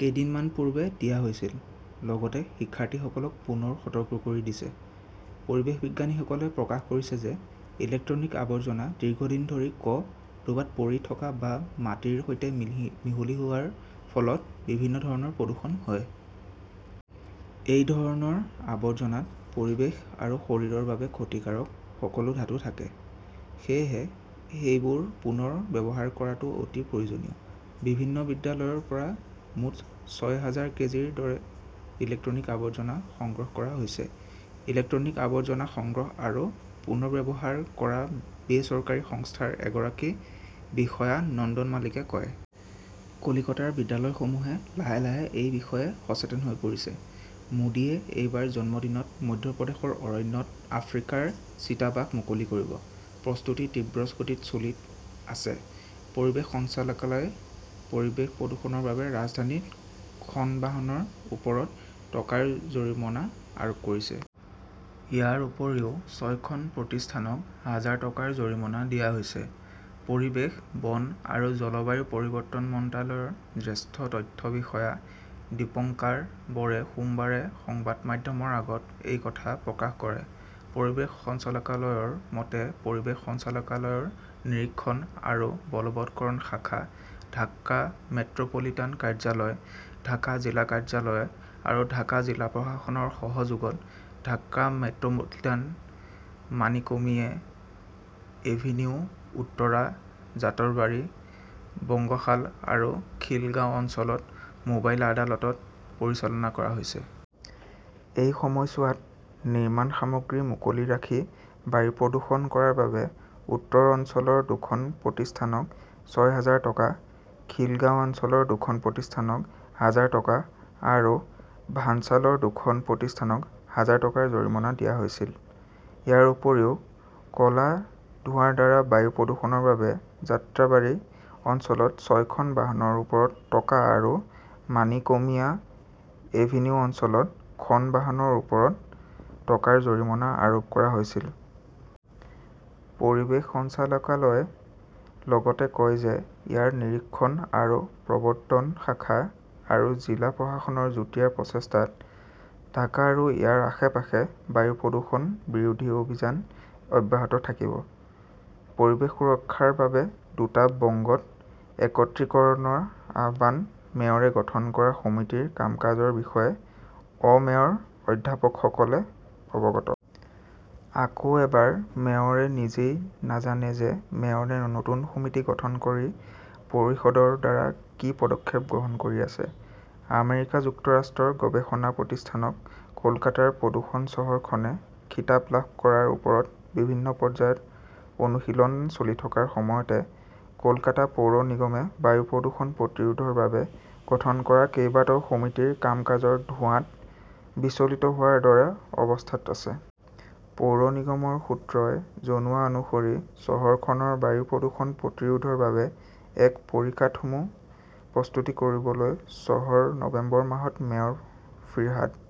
কেইদিনমান পূৰ্বে দিয়া হৈছিল। লগতে শিক্ষাৰ্থীসকলক পুনৰ সতৰ্ক কৰি দিছে। "পৰিৱেশ বিজ্ঞানীসকলে প্ৰকাশ কৰিছে যে ইলেক্ট্ৰনিক আৱৰ্জনা দীৰ্ঘদিন ধৰি ক" ৰবাত পৰি থকা বা মাটিৰ সৈতে মিহলি হোৱাৰ ফলত বিভিন্ন ধৰণৰ প্ৰদূষণ হয়। এই ধৰণৰ আৱৰ্জনাত পৰিৱেশ আৰু শৰীৰৰ বাবে ক্ষতিকাৰক সকলো ধাতু থাকে। সেয়েহে, সেইবোৰ পুনৰ ব্যৱহাৰ কৰাটো অতি প্ৰয়োজনীয়। "বিভিন্ন বিদ্যালয়ৰ পৰা মুঠ ছয় হাজাৰ কেজিৰ দৰে ইলেক্ট্ৰনিক আৱৰ্জনা সংগ্ৰহ কৰা হৈছে", ইলেক্ট্ৰনিক আৱৰ্জনা সংগ্ৰহ আৰু পুনৰ্ব্যৱহাৰ কৰা বেচৰকাৰী সংস্থাৰ এগৰাকী বিষয়া নন্দন মালিকে কয়। কলকাতাৰ বিদ্যালয়সমূহে লাহে লাহে এই বিষয়ে সচেতন হৈ পৰিছে। "। মোদীয়ে এইবাৰ জন্মদিনত মধ্যপ্ৰদেশৰ অৰণ্যত আফ্ৰিকাৰ চিতাবাঘ মুকলি কৰিব! প্ৰস্তুতি তীব্ৰ গতিত চলি আছে। পৰিৱেশ সঞ্চালকালয়ই পৰিৱেশ প্ৰদূষণৰ বাবে ৰাজধানীত খন বাহনৰ ওপৰত টকাৰ জৰিমনা আৰোপ কৰিছে। ইয়াৰ উপৰিও ছয়খন প্ৰতিষ্ঠানক হাজাৰ টকাৰ জৰিমনা দিয়া হৈছে। পৰিৱেশ, বন আৰু জলবায়ু পৰিৱৰ্তন মন্ত্ৰালয়ৰ জ্যেষ্ঠ তথ্য বিষয়া দীপঙ্কাৰ বৰে সোমবাৰে সংবাদ মাধ্যমৰ আগত এই কথা প্ৰকাশ কৰে। পৰিৱেশ সঞ্চালকালয়ৰ মতে, পৰিৱেশ সঞ্চালকালয়ৰ নিৰীক্ষণ আৰু বলৱৎকৰণ শাখা, ঢাকা মেট্ৰ 'পলিটান কাৰ্যালয়, ঢাকা জিলা কাৰ্যালয় আৰু ঢাকা জিলা প্ৰশাসনৰ সহযোগত ঢাকা মেট্ৰ' পলিটানৰ মাণিকমিয়া এভিনিউ, উত্তৰা, জাতৰবাৰী, বংগশাল আৰু খিলগাঁও অঞ্চলত মোবাইল আদালত পৰিচালনা কৰা হৈছে। এই সময়ছোৱাত নিৰ্মাণ সামগ্ৰী মুকলি ৰাখি বায়ু প্ৰদূষণ কৰাৰ বাবে উত্তৰ অঞ্চলৰ দুখন প্ৰতিষ্ঠানক ছয় হাজাৰ টকা, খিলগাঁও অঞ্চলৰ দুখন প্ৰতিষ্ঠানক হাজাৰ টকা আৰু ভাঞ্চালৰ দুখন প্ৰতিষ্ঠানক হাজাৰ টকাৰ জৰিমনা দিয়া হৈছিল। ইয়াৰ উপৰিও, ক 'লা ধোঁৱাৰ দ্বাৰা বায়ু প্ৰদূষণৰ বাবে যাত্ৰাবাৰী অঞ্চলত ছয়খন বাহনৰ ওপৰত টকা আৰু মানিকমিয়া এভিনিউ অঞ্চলত খন বাহনৰ ওপৰত টকাৰ জৰিমনা আৰোপ কৰা হৈছিল। পৰিৱেশ সঞ্চালকালয়ই লগতে কয় যে ইয়াৰ নিৰীক্ষণ আৰু প্ৰবৰ্ত্তন শাখা আৰু জিলা প্ৰশাসনৰ যুটীয়া প্ৰচেষ্টাত ঢাকা আৰু ইয়াৰ আশে-পাশে বায়ু প্ৰদূষণ বিৰোধী অভিযান অব্যাহত থাকিব। পৰিৱেশ সুৰক্ষাৰ বাবে দুটা বংগত একত্ৰীকৰণৰ আহ্বান মেয়ৰে গঠন কৰা সমিতিৰ কাম-কাজৰ বিষয়ে অ-মেয়ৰ অধ্যাপকসকলে অৱগত। আকৌ এবাৰ মেয়ৰে নিজেই নাজানে যে মেয়ৰে নতুন সমিতি গঠন কৰি পৰিষদৰ দ্বাৰা কি পদক্ষেপ গ্ৰহণ কৰি আছে! আমেৰিকা যুক্তৰাষ্ট্ৰৰ গৱেষণা প্ৰতিষ্ঠানত কলকাতাৰ প্ৰদূষণ-চহৰখনে 'খিতাপ "লাভ কৰাৰ ওপৰত বিভিন্ন পৰ্যায়ত অনুশীলন চলি থকাৰ সময়তে, কলকাতা পৌৰ নিগমে বায়ু প্ৰদূষণ প্ৰতিৰোধৰ বাবে গঠন কৰা কেইবাটাও সমিতিৰ কাম-কাজৰ' ধোঁৱাত" বিচলিত হোৱাৰ দৰে অৱস্থাত আছে! পৌৰ নিগমৰ সূত্ৰই জনোৱা অনুসৰি, চহৰখনৰ বায়ু প্ৰদূষণ প্ৰতিৰোধৰ বাবে এক পৰিকাঠামো প্ৰস্তুত কৰিবলৈ চনৰ নৱেম্বৰ মাহত মেয়ৰ ফিৰহাদ